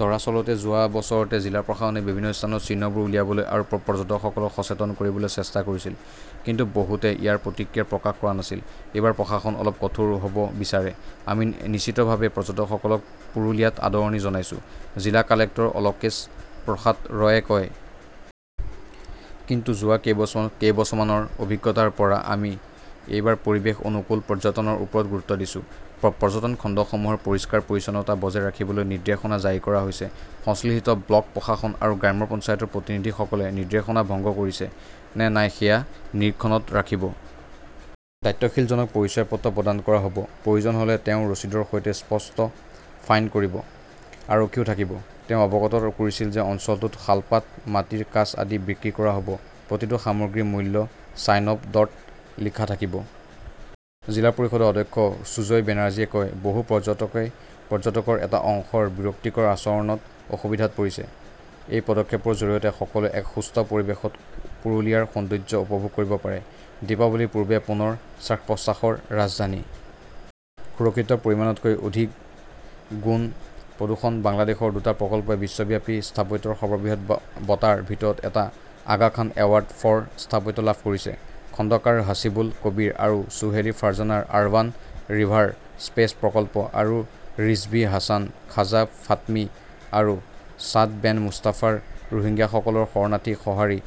দৰাচলতে, যোৱা বছৰতে জিলা প্ৰশাসনে বিভিন্ন স্থানত চিহ্নবোৰ উলিয়াবলৈ আৰু পৰ্যটকসকলক সচেতন কৰিবলৈ চেষ্টা কৰিছিল। কিন্তু বহুতে ইয়াৰ প্ৰতিক্ৰিয়া প্ৰকাশ কৰা নাছিল। এইবাৰ প্ৰশাসন অলপ কঠোৰ হ "ব বিচাৰে। "আমি নিশ্চিতভাৱে পৰ্যটকসকলক পুৰুলিয়াত আদৰণি জনাইছো", জিলা কালেক্টৰ অলকেশ প্ৰসাদ ৰয়ে কয়। কিন্তু, যোৱা কেইবছৰমানৰ অভিজ্ঞতাৰ পৰা আমি এইবাৰ পৰিৱেশ অনুকূল পৰ্যটনৰ ওপৰত গুৰুত্ব দিছো। পৰ্যটন খণ্ডসমূহৰ পৰিষ্কাৰ-পৰিচ্ছন্নতা বজাই ৰাখিবলৈ নিৰ্দেশনা জাৰি কৰা হৈছে। সংশ্লিষ্ট ব্লক প্ৰশাসন আৰু গ্ৰাম পঞ্চায়তৰ প্ৰতিনিধিসকলে নিৰ্দেশনা ভংগ কৰিছে নে নাই সেয়া নিৰীক্ষণত ৰাখিব। দায়িত্বশীলজনক পৰিচয় পত্ৰ প্ৰদান কৰা হ "ব। প্ৰয়োজন হ "লে তেওঁ ৰচিদৰ সৈতে 'স্পট ফাইন" কৰিব। আৰক্ষীও থাকিব। "তেওঁ অৱগত কৰিছিল যে অঞ্চলটোত শালপাত, মাটিৰ কাঁচ আদি বিক্ৰী কৰা হ" ব। প্ৰতিটো সামগ্ৰীৰ মূল্য ছাইনব "ৰ্ডত লিখা থাকিব। জিলা পৰিষদৰ অধ্যক্ষ সুজয় বেনাৰ্জীয়ে কয়, "বহু পৰ্যটকই পৰ্যটকৰ এটা অংশৰ বিৰক্তিকৰ আচৰণত অসুবিধাত পৰিছে। এই পদক্ষেপৰ জৰিয়তে সকলোৱে এক সুস্থ পৰিৱেশত পুৰুলিয়াৰ সৌন্দৰ্য্য উপভোগ কৰিব পাৰে। "। দীপাৱলীৰ পূৰ্বে পুনৰ 'শ্বাস-প্ৰশ্বাস "ৰ ৰাজধানী! সুৰক্ষিত পৰিমাণতকৈ গুণ অধিক প্ৰদূষণ বাংলাদেশৰ দুটা প্ৰকল্পই বিশ্বব্যাপী স্থাপত্যৰ সৰ্ববৃহৎ বঁটাৰ ভিতৰত এটা "আগা খান এৱাৰ্ড ফৰ স্থাপত্য " লাভ কৰিছে। খণ্ডকাৰ হাছিবুল কবীৰ আৰু চুহেলি ফাৰ্জানাৰ "আৰবান ৰিভাৰ স্পেচছ প্ৰকল্প" আৰু ৰিজভি হাছান, খাজা ফাতমি আৰু ছাদ বেন মুস্তফাৰ "ৰোহিংগাসকলৰ শৰণাৰ্থী সঁহাৰি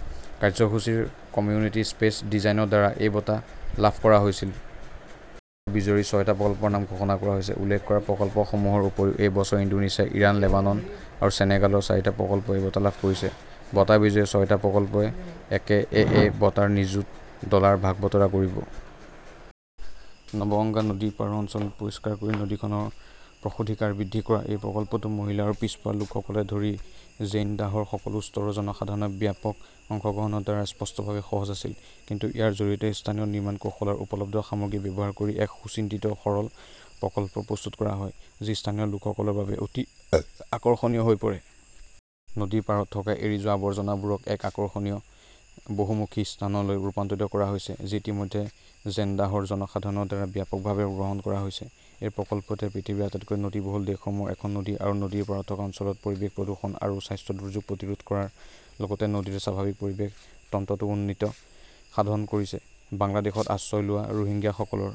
কাৰ্যসূচী" ৰ কমিউনিটি স্পেচ ডিজাইনৰ দ্বাৰা এই বঁটা লাভ কৰা হৈছিল। এই বছৰ বিজয়ী হিচাপে ছয়টা প্ৰকল্পৰ নাম ঘোষণা কৰা হৈছে। উল্লেখ কৰা প্ৰকল্পসমূহৰ উপৰিও এই বছৰ ইণ্ডোনেছিয়া, ইৰাণ, লেবানন আৰু সেনেগালৰ চাৰিটা প্ৰকল্পই এই বঁটা লাভ কৰিছে। বঁটা বিজয়ী ছয়টা প্ৰকল্পই একেএএ বঁটাৰ নিযুত ডলাৰ ভাগ-বতৰা কৰিব। নৱগঙ্গা নদীৰ পাৰৰ অঞ্চল পৰিষ্কাৰ কৰি নদীখনৰ প্ৰৱেশাধিকাৰ বৃদ্ধি কৰাৰ এই প্ৰকল্পটো মহিলা আৰু পিছপৰা লোকসকলকে ধৰি জেইনডাহৰ সকলো স্তৰৰ জনসাধাৰণৰ ব্যাপক অংশগ্ৰহণৰ দ্বাৰা স্পষ্টভাৱে সহজ আছিল। কিন্তু ইয়াৰ জৰিয়তে স্থানীয় নিৰ্মাণ কৌশল আৰু উপলব্ধ সামগ্ৰী ব্যৱহাৰ কৰি এক সুচিন্তিত আৰু সৰল প্ৰকল্প প্ৰস্তুত কৰা হয়, যি স্থানীয় লোকসকলৰ বাবে অতি আকৰ্ষণীয় হৈ পৰে। নদীৰ পাৰত থকা এৰি যোৱা আৱৰ্জনাবোৰক এক আকৰ্ষণীয় বহুমুখী স্থানলৈ ৰূপান্তৰিত কৰা হৈছে, যি ইতিমধ্যে ঝেনদাহৰ জনসাধাৰণৰ দ্বাৰা ব্যাপকভাৱে গ্ৰহণ কৰা হৈছে। এই প্ৰকল্পটোৱে পৃথিৱীৰ আটাইতকৈ নদীবহুল দেশসমূহৰ এখন নদী আৰু নদীৰ পাৰত থকা অঞ্চলত পৰিৱেশ প্ৰদূষণ আৰু স্বাস্থ্য দুৰ্যোগ প্ৰতিৰোধ কৰাৰ লগতে নদীৰ স্বাভাৱিক পৰিৱেশ তন্ত্ৰতো উন্নতি সাধন কৰিছে। বাংলাদেশত আশ্ৰয় লোৱা ৰোহিংগাসকলৰ